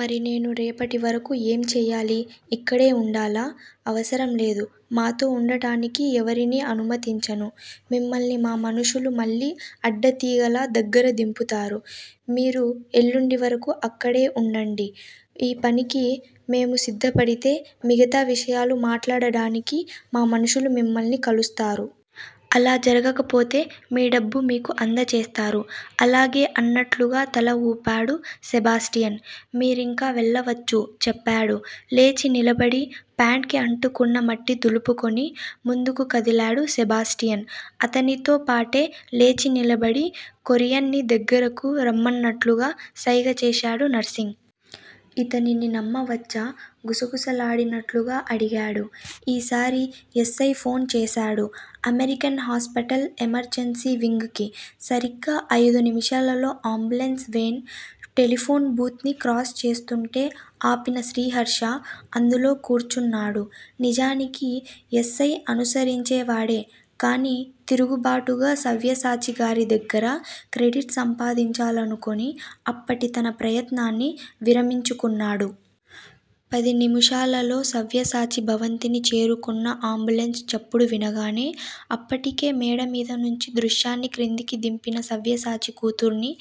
మరి నేను రేపటివరకు ఏం చెయ్యాలి? ఇక్కడే వుండాలా? అవసరం లేదు. మాతో వుండటానికి ఎవరినీ అనుమతించను. మిమ్మల్ని మా మనుషులు మళ్ళీ అడ్డతీగల దగ్గర దింపుతారు. మీరు ఎల్లుండి వరకు అక్కడే వుండండి. ఈ పనికి మేము సిద్ధపడితే మిగతా విషయాలు మాట్లాడటానికి మా మనుషులు మిమ్మల్ని కలుస్తారు. అలా జరగకపోతే మీ డబ్బు మీకు అందజేస్తారు. అలాగే అన్నట్లుగా తల వూపాడు సెబాస్టియన్. మీరింక వెళ్ళావచ్చు చెప్పాడు. లేచి నిలబడి ప్యాంట్ కి అంటుకున్న మట్టి దులుపుకొని ముందుకు కదిలాడు సెబాస్టియన్. అతనితో పాటే లేచి నిలబడిన కొరియన్ ని దగ్గరకు రమ్మన్నట్లుగా సైగ చేశాడు నర్సింగ్. ఇతనిని నమ్మవచ్చా? గుసగుసలాడినట్లుగా అడిగాడు. ఈసారి యస్సై ఫోన్ చేశాడు అమెరికన్ హాస్పటల్ ఎమర్జన్సీ వింగ్ కి. సరిగ్గా అయిదు నిమిషాలలో అంబులెన్స్ వేన్ టెలిఫోన్ బూత్ ని క్రాస్ చేస్తుంటే ఆపిన శ్రీహర్ష అందులో కూర్చున్నాడు నిజానికి యస్సై అనుసరించేవాడే కాని తీరుబాటుగా సవ్యసాచి గారి దగ్గర క్రెడిట్ సంపాదించాలనుకుని అప్పటి తన ప్రయత్నాన్ని విరమించుకున్నాడు. పది నిముషాలలో సవ్యసాచి భవంతిని చేరుకున్న అంబులెన్స్ చప్పుడు వినగానే అప్పటికే మేడమీదనుంచి దృశ్యని క్రిందికి దింపిన సవ్యసాచి కూతుర్ని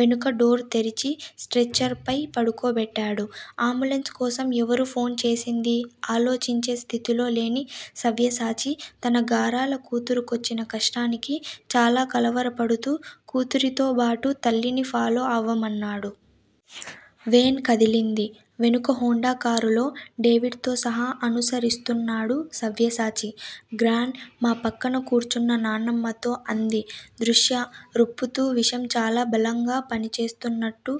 వెనుక డోర్ తెరిచి స్ట్రెచర్ పై పడుకోబెట్టాడు. అంబులెన్స్ కోసం ఎవరు ఫోన్ చేసిందీ ఆలోచించే స్థితిలో లేని సవ్యసాచి తన గారాల కూతురికొచ్చిన కష్టానికి చాలా కలవరపడుతూ కూతురితోబాటు తల్లిని ఫాలో అవమన్నాడు. వేన్ కదలింది. వెనుక హోండా కారులో డేవిడ్ తో సహా అనుసరిస్తున్నాడు సవ్యసాచి. గ్రాండ్ మా పక్కన కూర్చున్న నానమ్మతో అంది దృశ్య రొప్పుతూ విషం చాలా బలంగా పనిచేస్తున్నట్టు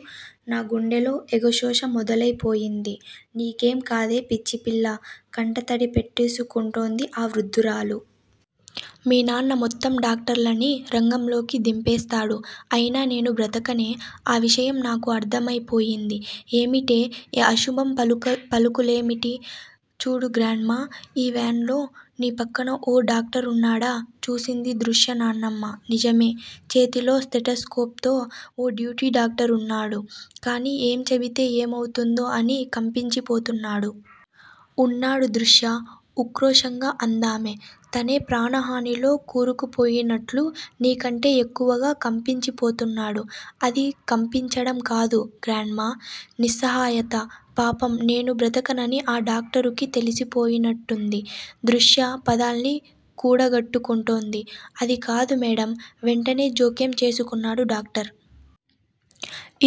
నా గుండెలో ఎగశోష మొదలయిపోయింది. నీకేం కాదే పిచ్చిపిల్లా కంట తడిపెట్టేసుకుంటోంది ఆ వృద్ధురాలు. మీ నాన్న మొత్తం డాక్టర్లని రంగంలోకి దింపేస్తాడు అయినా నేను బ్రతకనే. ఆ విషయం నాకు అర్థమైపోయింది ఏమిటే. ఈ అశుభం పలుకులేమిటి? చూడు గ్రాండ్ మా ఈ వేన్ లో నీ పక్కన ఓ డాక్టరున్నాడా. చూసింది దృశ్య నానమ్మ నిజమే. చేతిలో స్టెతస్కోప్ తో ఓ డ్యూటీ డాక్టరు వున్నాడు కాని ఏం చెబితే ఏమవుతుందో అని కంపించిపోతున్నాడు. ఉన్నాడు దృశ్యా ఉక్రోషంగా అందామె. తనే ప్రాణహానిలో కూరుకుపోయినట్టు నీ కంటే యెక్కువగా కంపించిపోతున్నాడు. అది కంపించడం కాదు గ్రాండ్ మా నిస్సహాయత పాపం నేను బ్రతకనని ఆ డాక్టరుకీ తెలిసిపోయినట్టుంది. దృశ్య పదాల్ని కూడగట్టుకుంటోంది. అది కాదు మేడమ్ వెంటనే జోక్యం చేసుకున్నాడు డాక్టర్.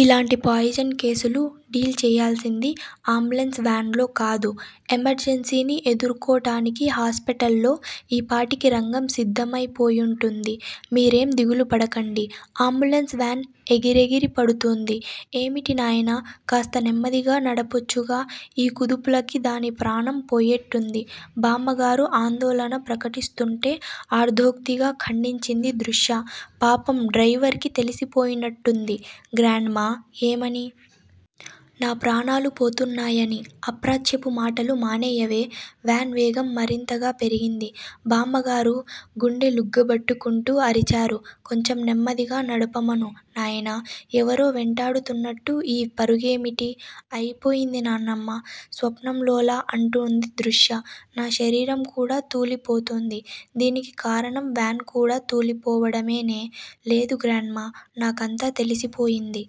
ఇలాంటి పాయిజన్ కేసులు డీల్ చెయ్యాల్సింది అంబులెన్స్ వేన్ లో కాదు. ఎమర్జన్సీని ఎదుర్కోటానికి హాస్పటల్ లో ఈపాటికి రంగం సిద్ధమై పోయుంటుంది. మీరేం దిగులు పడకండి. అంబులెన్స్ వేన్ ఎగిరెగిరి పడుతూంది. ఏమిటి నాయనా కాస్త నెమ్మదిగా నడపొచ్చుగా. ఈ కుదుపులకే దాని ప్రాణం పోయేట్టుంది బామ్మగారు ఆందోళన ప్రకటిస్తుంటే అర్ధోక్తిగా ఖండించింది దృశ్య పాపం డ్రయివర్ కీ తెలిసిపోయినట్టుంది గ్రాండ్ మా ఏమని. నా ప్రాణాలు పోతున్నాయని. అప్రాచ్యపు మాటలు మానేయవే. వేన్ వేగం మరింతగా పెరిగింది. బామ్మగారు గుండె లుగ్గబట్టుకుంటూ అరిచారు కొంచెం నెమ్మదిగా నడపమను నాయనా ఎవరో వెంటాడుతున్నట్టు ఈ పరుగేమిటి. అయిపోయింది నానమ్మా స్వప్నంలోలా అంటూంది దృశ్య నా శరీరం కూడా తూలిపోతూంది. దీనికి కారణం వేన్ కూడా తూలిపోవడమేనే లేదు గ్రాండ్ మా నాకంతా తెలిసిపోయింది.